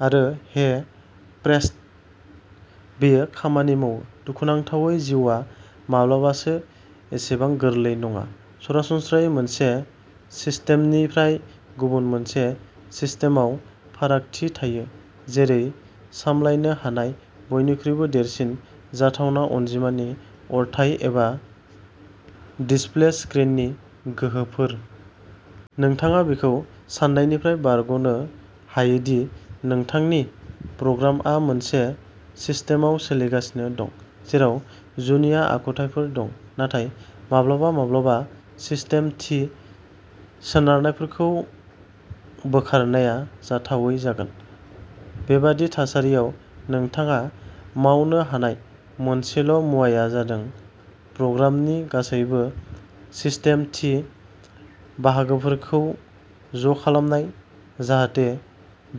आरो हे प्रेस्ट बेयो खामानि मावो। दुखुनांथावै जिउआ माब्लाबासो एसेबां गोरलै नङा सरासनस्रायै मोनसे सिस्टेमनिफ्राय गुबुन मोनसे सिस्टेमाव फारागथि थायो जेरै सामलायनो हानाय बयनिख्रुइबो देरसिन जाथावना अनजिमानि अरथाइ एबा डिसप्ले स्क्रिननि गोहोफोर। नोंथाङा बेखौ सान्नायनिफ्राय बारग'नो हायो दि नोंथांनि प्रग्रामआ मोनसे सिस्टेमाव सोलिगासिनो दं, जेराव जुनिया आखुथायफोर दं, नाथाय माब्लाबा-माब्लाबा सिस्टेम थि सोनारनायफोरखौ बोखारनाया जाथावै जागोन। बेबादि थासारियाव नोंथाङा मावनो हानाय मोनसेल'मुवाया जादों प्रग्रामनि गासैबो सिस्टेम-थि बाहागोफोरखौ ज'खालामनाय जाहाथे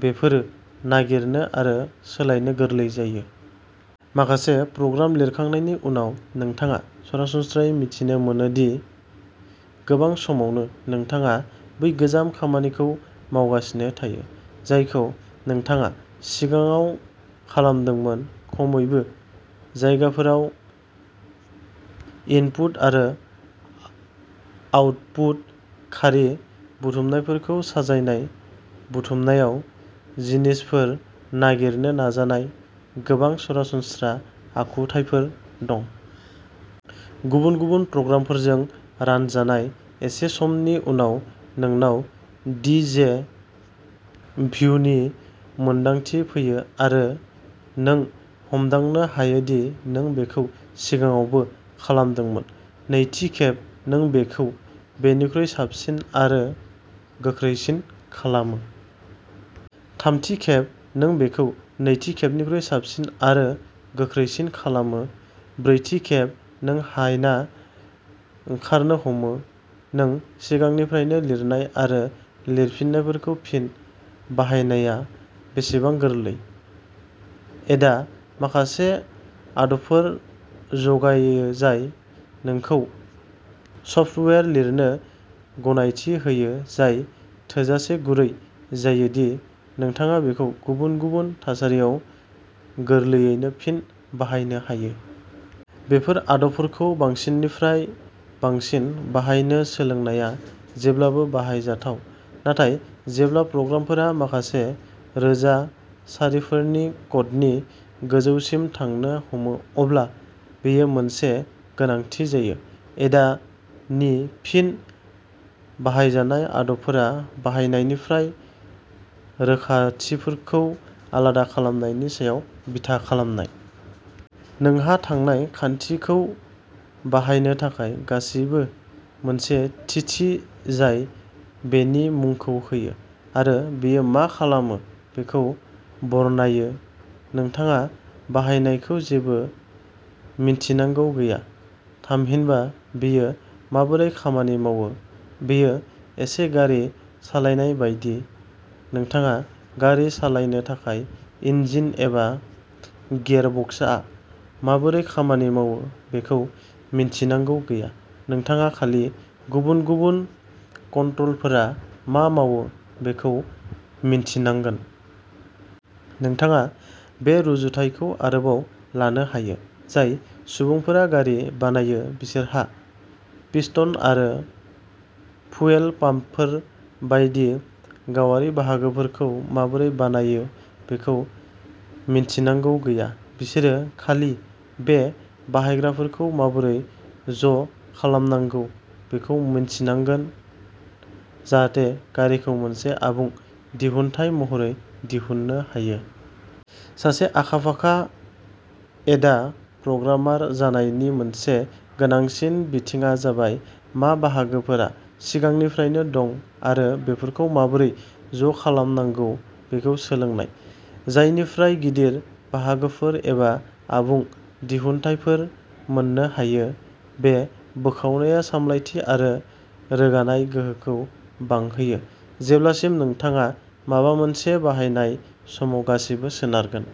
बेफोरखौ नागिरनो आरो सोलायनो गोरलै जायो। माखासे प्रग्राम लिरखांनायनि उनाव नोंथाङा सरासनस्रायै मिथिनो मोनो दि गोबां समावनो नोंथाङा बै गोजाम खामानिखौ मावगासिनो थायो, जायखौ नोंथाङा सिगाङाव खालामदोंमोन, खमैबो जायगाफोराव। इनपुट आरो आउटपुट खारि बुथुमनायफोरखौ साजायनाय बुथुमनायाव जिनिसफोर नागिरनो नाजानाय गोबां सरासनस्रा आखुथायफोर दं। गुबुन गुबुन प्रग्रामफोरजों रानजानाय। एसे समनि उनाव नोंनाव डि जे भ्युनि मोन्दांथि फैयो आरो नों हमदांनो हायो दि नों बेखौ सिगाङावबो खालामदोंमोन। नैथि खेब नों बेखौ बेनिख्रुइ साबसिन आरो गोख्रैसिन खालामो। थामथि खेब नों बेखौ नैथि खेबनिख्रुइ साबसिन आरो गोख्रैसिन खालामो। ब्रैथि खेब नों हायना ओंखारनो हमो। नों सिगांनिफ्रायनो लिरनाय आरो लिरफिन्नायफोरखौ फिन बाहायनाया बेसेबां गोरलै? एडा माखासे आदबफोर जगायो जाय नोंखौ सफ्टवेयार लिरनो गनायथि होयो जाय थोजासे गुरै जायो दि नोंथाङा बेखौ गुबुन गुबुन थासारियाव गोरलैयैनो फिन बाहायनो हायो। बेफोर आदबफोरखौ बांसिननिफ्राय बांसिन बाहायनो सोलोंनाया जेब्लाबो बाहायजाथाव नाथाय जेब्ला प्रग्रामफोरा माखासे रोजा सारिफोरनि क'डनि गोजौसिम थांनो हमो अब्ला बेयो मोनसे गोनांथि जायो। एडा नि फिन बाहायजानाय आदबफोरा बाहायनायनिफ्राय रोखाथिफोरखौ आलादा खालामनायनि सायाव बिथा खालामनाय। नोंहा थानाय खान्थिखौ बाहायनो थाखाय गासिबो मोनसे थिथि जाय बेनि मुंखौ होयो। आरो बेयो मा खालामो बेखौ बरनायो नोंथाङा बाहायनायखौ जेबो मिन्थिनांगौ गैया, थामहिनबा बेयो माबोरै खामानि मावो। बेयो एसे गारि सालायनाय बायदि नोंथाङा गारि सालायनो थाखाय इन्जिन एबा गियारबक्सआ माबोरै खामानि मावो बेखौ मिन्थिनांगौ गैया, नोंथाङा खालि गुबुन गुबुन कन्ट्र'लफोरा मा मावो बेखौ मिन्थिनांगोन। नोंथाङा बे रुजुथायखौ आरोबाव लानो हायो। जाय सुबुंफोरा गारि बानायो बिसोरहा पिस्टन आरो फुयेल पाम्पफोर बायदि गावारि बाहागोफोरखौ माबोरै बानायो बेखौ मिन्थिनांगौ गैया। बिसोरो खालि बे बाहायग्राफोरखौ माबोरै ज'खालामनांगौ बेखौ मिन्थिनांगोन जाहाथे गारिखौ मोनसे आबुं दिहुनथाय महरै दिहुननो हायो। सासे आखा-फाखा एडा प्रग्रामार जानायनि मोनसे गोनांसिन बिथिंआ जाबाय मा बाहागोफोरा सिगांनिफ्रायनो दं आरो बेफोरखौ माबोरै ज'खालामनांगौ बेखौ सोलोंनाय जायनिफ्राय गिदिर बाहागोफोर एबा आबुं दिहुनथायफोर मोननो हायो। बे बोखावनाया सामलायथि आरो रोगानाय गोहोखौ बांहोयो। जेब्लासिम नोंथाङा माबा मोनसे बाहायनाय समाव गासिबो सोनारगोन।